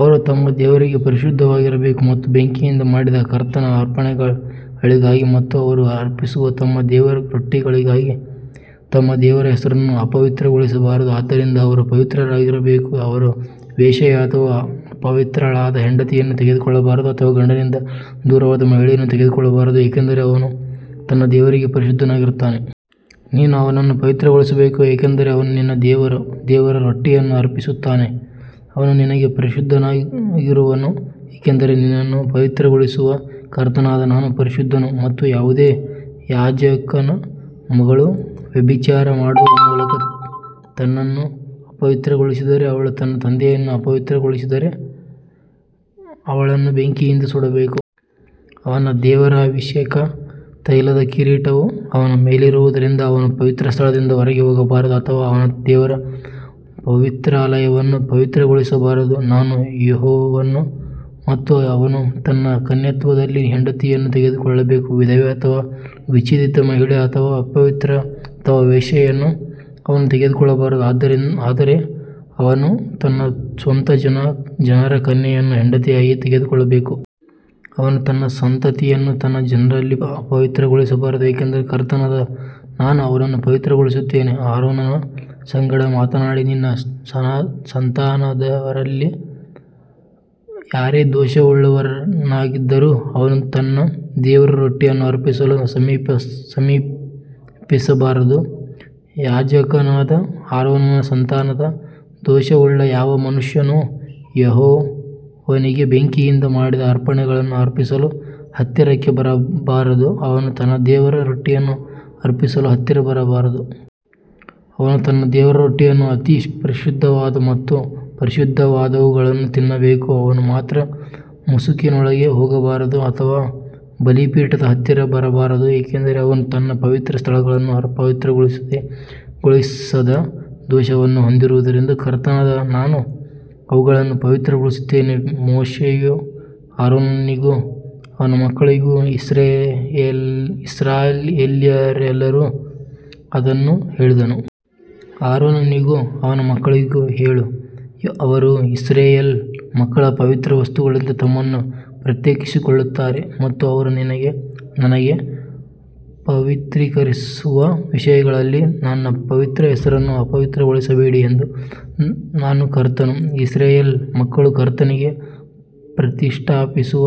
ಅವರು ತಮ್ಮ ದೇವರಿಗೆ ಪರಿಶುದ್ಧರಾಗಿರಬೇಕು ಮತ್ತು ಬೆಂಕಿಯಿಂದ ಮಾಡಿದ ಕರ್ತನ ಅರ್ಪಣೆಗಳಿಗಾಗಿ ಮತ್ತು ಅವರು ಅರ್ಪಿಸುವ ತಮ್ಮ ದೇವರ ರೊಟ್ಟಿಗಳಿಗಾಗಿ ತಮ್ಮ ದೇವರ ಹೆಸರನ್ನು ಅಪವಿತ್ರಗೊಳಿಸಬಾರದು ಆದ್ದರಿಂದ ಅವರು ಪವಿತ್ರರಾಗಿರಬೇಕು. ಅವರು ವೇಶ್ಯೆಯ ಅಥವಾ ಅಪವಿತ್ರಳಾದ ಹೆಂಡತಿಯನ್ನು ತೆಗೆದುಕೊಳ್ಳಬಾರದು ಅಥವಾ ಗಂಡನಿಂದ ದೂರವಾದ ಮಹಿಳೆಯನ್ನು ತೆಗೆದುಕೊಳ್ಳಬಾರದು ಏಕೆಂದರೆ ಅವನು ತನ್ನ ದೇವರಿಗೆ ಪರಿಶುದ್ಧನಾಗಿದ್ದಾನೆ. ನೀನು ಅವನನ್ನು ಪವಿತ್ರಗೊಳಿಸಬೇಕು ಏಕೆಂದರೆ ಅವನು ನಿನ್ನ ದೇವರ ರೊಟ್ಟಿಯನ್ನು ಅರ್ಪಿಸುತ್ತಾನೆ ಅವನು ನಿನಗೆ ಪರಿಶುದ್ಧನಾಗಿರುವನು ಏಕೆಂದರೆ ನಿನ್ನನ್ನು ಪವಿತ್ರಗೊಳಿಸುವ ಕರ್ತನಾದ ನಾನು ಪರಿಶುದ್ಧನು. ಮತ್ತು ಯಾವುದೇ ಯಾಜಕನ ಮಗಳು ವ್ಯಭಿಚಾರ ಮಾಡುವ ಮೂಲಕ ತನ್ನನ್ನು ಅಪವಿತ್ರಗೊಳಿಸಿದರೆ ಅವಳು ತನ್ನ ತಂದೆಯನ್ನು ಅಪವಿತ್ರಗೊಳಿಸಿದರೆ ಅವಳನ್ನು ಬೆಂಕಿಯಿಂದ ಸುಡಬೇಕು. ಅವನ ದೇವರ ಅಭಿಷೇಕ ತೈಲದ ಕಿರೀಟವು ಅವನ ಮೇಲಿರುವುದರಿಂದ ಅವನು ಪವಿತ್ರಸ್ಥಳದಿಂದ ಹೊರಗೆ ಹೋಗಬಾರದು ಅಥವಾ ಅವನ ದೇವರ ಪವಿತ್ರಾಲಯವನ್ನು ಅಪವಿತ್ರಗೊಳಿಸಬಾರದು ನಾನು ಯೆಹೋವನು. ಮತ್ತು ಅವನು ತನ್ನ ಕನ್ಯತ್ವದಲ್ಲಿ ಹೆಂಡತಿಯನ್ನು ತೆಗೆದುಕೊಳ್ಳಬೇಕು. ವಿಧವೆ ಅಥವಾ ವಿಚ್ಛೇದಿತ ಮಹಿಳೆ ಅಥವಾ ಅಪವಿತ್ರ ಅಥವಾ ವೇಶ್ಯೆಯನ್ನು ಅವನು ತೆಗೆದುಕೊಳ್ಳಬಾರದು ಆದರೆ ಅವನು ತನ್ನ ಸ್ವಂತ ಜನರ ಕನ್ಯೆಯನ್ನು ಹೆಂಡತಿಯಾಗಿ ತೆಗೆದುಕೊಳ್ಳಬೇಕು. ಅವನು ತನ್ನ ಸಂತತಿಯನ್ನು ತನ್ನ ಜನರಲ್ಲಿ ಅಪವಿತ್ರಗೊಳಿಸಬಾರದು ಏಕೆಂದರೆ ಕರ್ತನಾದ ನಾನು ಅವನನ್ನು ಪವಿತ್ರಗೊಳಿಸುತ್ತೇನೆ. ಆರೋನನ ಸಂಗಡ ಮಾತನಾಡಿ ನಿನ್ನ ಸಂತಾನದವರಲ್ಲಿ ಯಾರೇ ದೋಷವುಳ್ಳವನಾಗಿದ್ದರೂ ಅವನು ತನ್ನ ದೇವರ ರೊಟ್ಟಿಯನ್ನು ಅರ್ಪಿಸಲು ಸಮೀಪಿಸಬಾರದು. ಯಾಜಕನಾದ ಆರೋನನ ಸಂತಾನದ ದೋಷವುಳ್ಳ ಯಾವ ಮನುಷ್ಯನೂ ಯೆಹೋವನಿಗೆ ಬೆಂಕಿಯಿಂದ ಮಾಡಿದ ಅರ್ಪಣೆಗಳನ್ನು ಅರ್ಪಿಸಲು ಹತ್ತಿರಕ್ಕೆ ಬರಬಾರದು ಅವನು ತನ್ನ ದೇವರ ರೊಟ್ಟಿಯನ್ನು ಅರ್ಪಿಸಲು ಹತ್ತಿರ ಬರಬಾರದು. ಅವನು ತನ್ನ ದೇವರ ರೊಟ್ಟಿಯನ್ನು ಅತಿ ಪರಿಶುದ್ಧವಾದ ಮತ್ತು ಪರಿಶುದ್ಧವಾದವುಗಳನ್ನು ತಿನ್ನಬೇಕು ಅವನು ಮಾತ್ರ ಮುಸುಕಿನೊಳಗೆ ಹೋಗಬಾರದು ಅಥವಾ ಬಲಿಪೀಠದ ಹತ್ತಿರ ಬರಬಾರದು ಏಕೆಂದರೆ ಅವನು ನನ್ನ ಪವಿತ್ರ ಸ್ಥಳಗಳನ್ನು ಅಪವಿತ್ರಗೊಳಿಸದ ದೋಷವನ್ನು ಹೊಂದಿರುವುದರಿಂದ ಕರ್ತನಾದ ನಾನು ಅವುಗಳನ್ನು ಪವಿತ್ರಗೊಳಿಸುತ್ತೇನೆ. ಮೋಶೆಯು ಆರೋನನಿಗೂ ಅವನ ಮಕ್ಕಳಿಗೂ ಇಸ್ರಾಯೇಲ್ಯರೆಲ್ಲರಿಗೂ ಅದನ್ನು ಹೇಳಿದನು. ಆರೋನನಿಗೂ ಅವನ ಮಕ್ಕಳಿಗೂ ಹೇಳು ಅವರು ಇಸ್ರಾಯೇಲ್ ಮಕ್ಕಳ ಪವಿತ್ರ ವಸ್ತುಗಳಿಂದ ತಮ್ಮನ್ನು ಪ್ರತ್ಯೇಕಿಸಿಕೊಳ್ಳುತ್ತಾರೆ ಮತ್ತು ಅವರು ನನಗೆ ಪವಿತ್ರೀಕರಿಸುವ ವಿಷಯಗಳಲ್ಲಿ ನನ್ನ ಪವಿತ್ರ ಹೆಸರನ್ನು ಅಪವಿತ್ರಗೊಳಿಸಬೇಡಿ ಎಂದು ನಾನು ಕರ್ತನು. ಇಸ್ರಾಯೇಲ್ ಮಕ್ಕಳು ಕರ್ತನಿಗೆ ಪ್ರತಿಷ್ಠಾಪಿಸುವ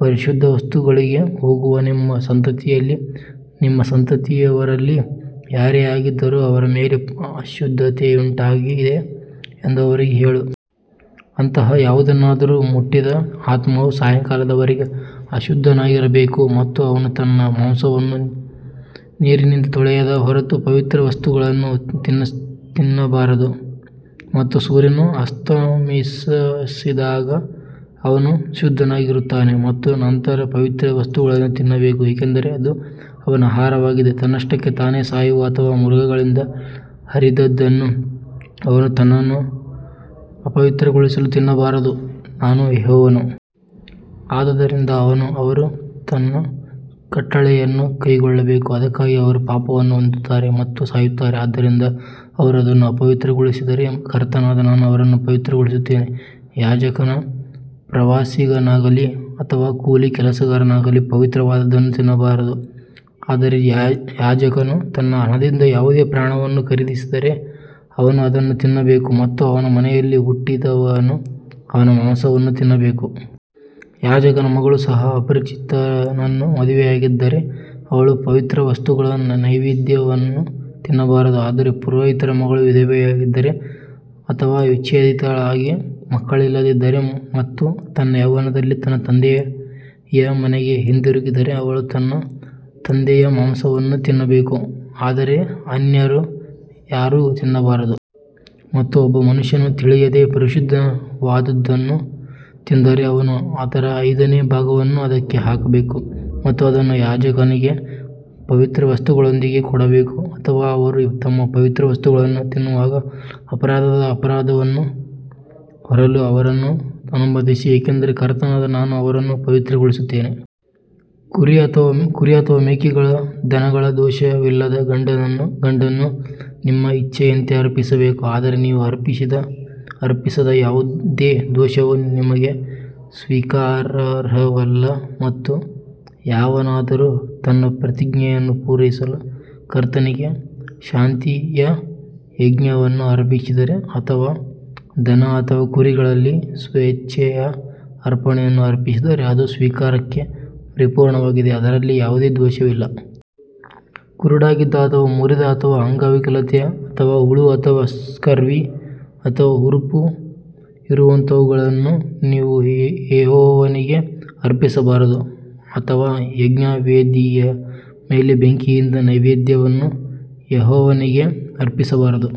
ಪರಿಶುದ್ಧ ವಸ್ತುಗಳಿಗೆ ಹೋಗುವ ನಿಮ್ಮ ಸಂತತಿಯಲ್ಲಿ ನಿಮ್ಮ ಸಂತತಿಯವರಲ್ಲಿ ಯಾರೇ ಆಗಿದ್ದರೂ ಅವರ ಮೇಲೆ ಅಶುದ್ಧತೆಯುಂಟಾಗಿದೆ ಎಂದು ಅವರಿಗೆ ಹೇಳು. ಅಂತಹ ಯಾವುದನ್ನಾದರೂ ಮುಟ್ಟಿದ ಆತ್ಮವು ಸಾಯಂಕಾಲದವರೆಗೆ ಅಶುದ್ಧನಾಗಿರಬೇಕು ಮತ್ತು ಅವನು ತನ್ನ ಮಾಂಸವನ್ನು ನೀರಿನಿಂದ ತೊಳೆಯದ ಹೊರತು ಪವಿತ್ರ ವಸ್ತುಗಳನ್ನು ತಿನ್ನಬಾರದು. ಮತ್ತು ಸೂರ್ಯನು ಅಸ್ತಮಿಸಿದಾಗ ಅವನು ಶುದ್ಧನಾಗಿರುತ್ತಾನೆ ಮತ್ತು ನಂತರ ಪವಿತ್ರ ವಸ್ತುಗಳನ್ನು ತಿನ್ನಬೇಕು ಏಕೆಂದರೆ ಅದು ಅವನ ಆಹಾರವಾಗಿದೆ. ತನ್ನಷ್ಟಕ್ಕೆ ತಾನೇ ಸಾಯುವ ಅಥವಾ ಮೃಗಗಳಿಂದ ಹರಿದದ್ದನ್ನು ಅವನು ತನ್ನನ್ನು ಅಪವಿತ್ರಗೊಳಿಸಲು ತಿನ್ನಬಾರದು ನಾನು ಯೆಹೋವನು. ಆದದರಿಂದ ಅವರು ನನ್ನ ಕಟ್ಟಳೆಯನ್ನು ಕೈಕೊಳ್ಳಬೇಕು ಅದಕ್ಕಾಗಿ ಅವರು ಪಾಪವನ್ನು ಹೊಂದುತ್ತಾರೆ ಮತ್ತು ಸಾಯುತ್ತಾರೆ ಆದ್ದರಿಂದ ಅವರು ಅದನ್ನು ಅಪವಿತ್ರಗೊಳಿಸಿದರೆ ಕರ್ತನಾದ ನಾನು ಅವರನ್ನು ಪವಿತ್ರಗೊಳಿಸುತ್ತೇನೆ. ಯಾಜಕನ ಪ್ರವಾಸಿಗನಾಗಲಿ ಅಥವಾ ಕೂಲಿ ಕೆಲಸಗಾರನಾಗಲಿ ಪವಿತ್ರವಾದದ್ದನ್ನು ತಿನ್ನಬಾರದು. ಆದರೆ ಯಾಜಕನು ತನ್ನ ಹಣದಿಂದ ಯಾವುದೇ ಪ್ರಾಣವನ್ನು ಖರೀದಿಸಿದರೆ ಅವನು ಅದನ್ನು ತಿನ್ನಬೇಕು ಮತ್ತು ಅವನ ಮನೆಯಲ್ಲಿ ಹುಟ್ಟಿದವನು ಅವನ ಮಾಂಸವನ್ನು ತಿನ್ನಬೇಕು. ಯಾಜಕನ ಮಗಳು ಸಹ ಅಪರಿಚಿತನನ್ನು ಮದುವೆಯಾಗಿದ್ದರೆ ಅವಳು ಪವಿತ್ರ ವಸ್ತುಗಳ ನೈವೇದ್ಯವನ್ನು ತಿನ್ನಬಾರದು. ಆದರೆ ಪುರೋಹಿತರ ಮಗಳು ವಿಧವೆಯಾಗಿದ್ದರೆ ಅಥವಾ ವಿಚ್ಛೇದಿತಳಾಗಿ ಮಕ್ಕಳಿಲ್ಲದಿದ್ದರೆ ಮತ್ತು ತನ್ನ ಯೌವನದಲ್ಲಿ ತನ್ನ ತಂದೆಯ ಮನೆಗೆ ಹಿಂದಿರುಗಿದರೆ ಅವಳು ತನ್ನ ತಂದೆಯ ಮಾಂಸವನ್ನು ತಿನ್ನಬೇಕು ಆದರೆ ಅನ್ಯರು ಯಾರೂ ತಿನ್ನಬಾರದು. ಮತ್ತು ಒಬ್ಬ ಮನುಷ್ಯನು ತಿಳಿಯದೆ ಪರಿಶುದ್ಧವಾದುದನ್ನು ತಿಂದರೆ ಅವನು ಅದರ ಐದನೇ ಭಾಗವನ್ನು ಅದಕ್ಕೆ ಹಾಕಬೇಕು ಮತ್ತು ಅದನ್ನು ಯಾಜಕನಿಗೆ ಪವಿತ್ರ ವಸ್ತುಗಳೊಂದಿಗೆ ಕೊಡಬೇಕು. ಅಥವಾ ಅವರು ತಮ್ಮ ಪವಿತ್ರ ವಸ್ತುಗಳನ್ನು ತಿನ್ನುವಾಗ ಅಪರಾಧದ ಅಪರಾಧವನ್ನು ಹೊರಲು ಅವರನ್ನು ಅನುಮತಿಸಿ ಏಕೆಂದರೆ ಕರ್ತನಾದ ನಾನು ಅವರನ್ನು ಪವಿತ್ರಗೊಳಿಸುತ್ತೇನೆ. ಕುರಿ ಅಥವಾ ಮೇಕೆಗಳ ದನಗಳ ದೋಷವಿಲ್ಲದ ಗಂಡನ್ನು ನಿಮ್ಮ ಇಚ್ಛೆಯಂತೆ ಅರ್ಪಿಸಬೇಕು. ಆದರೆ ನೀವು ಅರ್ಪಿಸದ ಯಾವುದೇ ದೋಷವು ನಿಮಗೆ ಸ್ವೀಕಾರಾರ್ಹವಲ್ಲ ಮತ್ತು ಯಾವನಾದರೂ ತನ್ನ ಪ್ರತಿಜ್ಞೆಯನ್ನು ಪೂರೈಸಲು ಕರ್ತನಿಗೆ ಶಾಂತಿಯ ಯಜ್ಞವನ್ನು ಅರ್ಪಿಸಿದರೆ ಅಥವಾ ದನ ಅಥವಾ ಕುರಿಗಳಲ್ಲಿ ಸ್ವೇಚ್ಛೆಯ ಅರ್ಪಣೆಯನ್ನು ಅರ್ಪಿಸಿದರೆ ಅದು ಸ್ವೀಕಾರಕ್ಕೆ ಪರಿಪೂರ್ಣವಾಗಿದೆ ಅದರಲ್ಲಿ ಯಾವುದೇ ದೋಷವಿಲ್ಲ. ಕುರುಡಾಗಿದ್ದ ಅಥವಾ ಮುರಿದ ಅಥವಾ ಅಂಗವಿಕಲತೆ ಅಥವಾ ಹುಳು ಅಥವಾ ಸ್ಕರ್ವಿ ಅಥವಾ ಹುರುಪು ಇರುವಂತಹವುಗಳನ್ನು ನೀವು ಯೆಹೋವನಿಗೆ ಅರ್ಪಿಸಬಾರದು ಅಥವಾ ಯಜ್ಞವೇದಿಯ ಮೇಲೆ ಬೆಂಕಿಯಿಂದ ನೈವೇದ್ಯವನ್ನು ಯೆಹೋವನಿಗೆ ಅರ್ಪಿಸಬಾರದು.